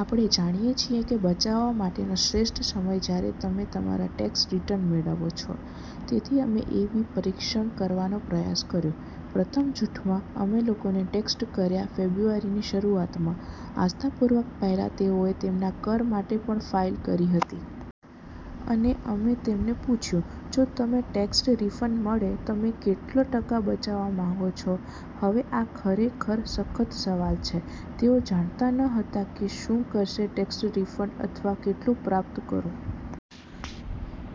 આપણે જાણીએ છીએ કે બચાવવા માટેનો શ્રેષ્ઠ સમયજ્યારે તમે તમારો ટેક્સ રીટર્ન મેળવો છો. તેથી અમે એ બી પરીક્ષણ કરવાનો પ્રયાસ કર્યો. પ્રથમ જૂથમાં, અમે લોકોને ટેક્સ્ટ કર્યાં ફેબ્રુઆરીની શરૂઆતમાં, આસ્થાપૂર્વક પહેલાં તેઓએ તેમના કર માટે પણ ફાઇલ કરી હતી. અને અમે તેમને પૂછ્યું, "જો તમને ટેક્સ રિફંડ મળે, તમે કેટલો ટકા બચાવવા માંગો છો? " હવે આ ખરેખર સખત સવાલ છે. તેઓ જાણતા ન હતા કે શું કરશે ટેક્સ રિફંડ અથવા કેટલું પ્રાપ્ત કરો.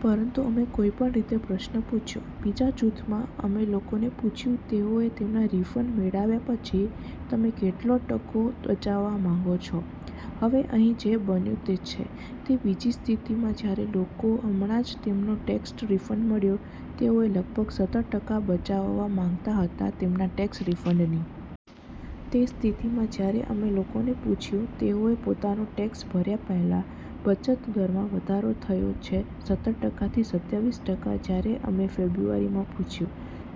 પરંતુ અમે કોઈપણ રીતે પ્રશ્ન પૂછ્યો. બીજા જૂથમાં, અમે લોકોને પૂછ્યું તેઓએ તેમના રિફંડ મેળવ્યા પછી, "તમે કેટલો ટકા બચાવવા માંગો છો? " હવે, અહીં જે બન્યું તે છે. તે બીજી સ્થિતિમાં, જ્યારે લોકો હમણાં જ તેમનો ટેક્સ રિફંડ મળ્યો, તેઓ લગભગ સતર ટકા બચાવવા માંગતા હતા તેમના ટેક્સ રિફંડની. તે સ્થિતિમાં જ્યારે અમે લોકોને પૂછ્યું તેઓએ પોતાનો ટેક્સ ભર્યા પહેલા, બચત દરમાં વધારો થયો છે સતર ટકાથી સત્યાવીસ ટકા જ્યારે અમે ફેબ્રુઆરીમાં પૂછ્યું.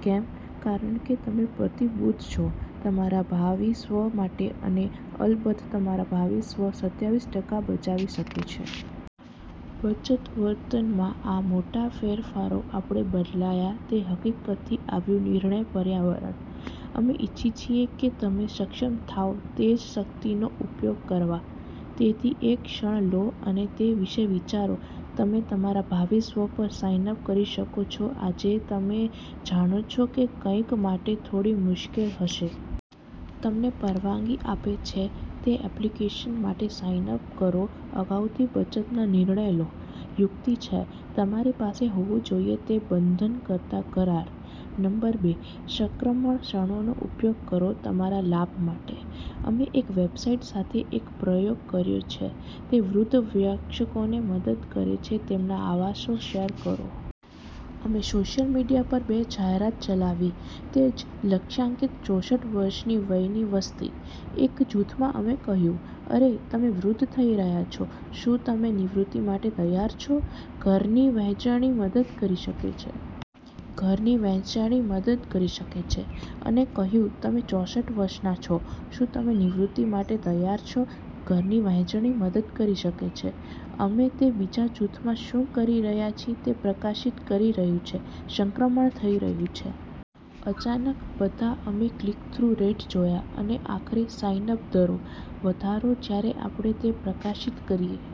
કેમ? કારણ કે તમે પ્રતિબદ્ધ છો તમારા ભાવિ સ્વ માટે, અને અલબત્ત તમારા ભાવિ સ્વ સત્યાવીસ ટકા બચાવી શકે છે. બચત વર્તનમાં આ મોટા ફેરફારો આપણે બદલાયા તે હકીકતથી આવ્યું નિર્ણય પર્યાવરણ. અમે ઇચ્છીએ છીએ કે તમે સક્ષમ થાઓ તે જ શક્તિનો ઉપયોગ કરવા. તેથી એક ક્ષણ લો અને તે વિશે વિચારો તમે તમારા ભાવિ સ્વ પર સાઇન અપ કરી શકો છો આજે તમે જાણો છો તે કંઈક માટે થોડી મુશ્કેલ હશે. તમને પરવાનગી આપે છે તે એપ્લિકેશન માટે સાઇન અપ કરોઅગાઉથી બચતનાં નિર્ણયો લો. યુક્તિ છે, તમારી પાસે હોવું જોઈએ તે બંધનકર્તા કરાર. નંબર બે: સંક્રમણ ક્ષણોનો ઉપયોગ કરો તમારા લાભ માટે. અમે એક વેબસાઇટ સાથે એક પ્રયોગ કર્યો તે વૃદ્ધ વયસ્કોને મદદ કરે છે તેમના આવાસો શેર કરો. અમે સોશિયલ મીડિયા પર બે જાહેરાત ચલાવી તે જ લક્ષ્યાંકિત ચોસઠ વર્ષની વયની વસ્તી. એક જૂથમાં, અમે કહ્યું, "અરે, તમે વૃદ્ધ થઈ રહ્યા છો. શું તમે નિવૃત્તિ માટે તૈયાર છો? ઘરની વહેંચણી મદદ કરી શકે છે. " ઘરની વહેંચણી મદદ કરી શકે છે. " અને કહ્યું, "તમે ચોસઠ વર્ષના છો. શું તમે નિવૃત્તિ માટે તૈયાર છો? ઘરની વહેંચણી મદદ કરી શકે છે. " અમે તે બીજા જૂથમાં શું કરી રહ્યા છીએ તે પ્રકાશિત કરી રહ્યું છે સંક્રમણ થઈ રહ્યું છે. અચાનક બધા અમે ક્લિક-થ્રુ રેટ જોયા, અને આખરે સાઇન અપ દરો, વધારો જ્યારે આપણે તે પ્રકાશિત કરીએ.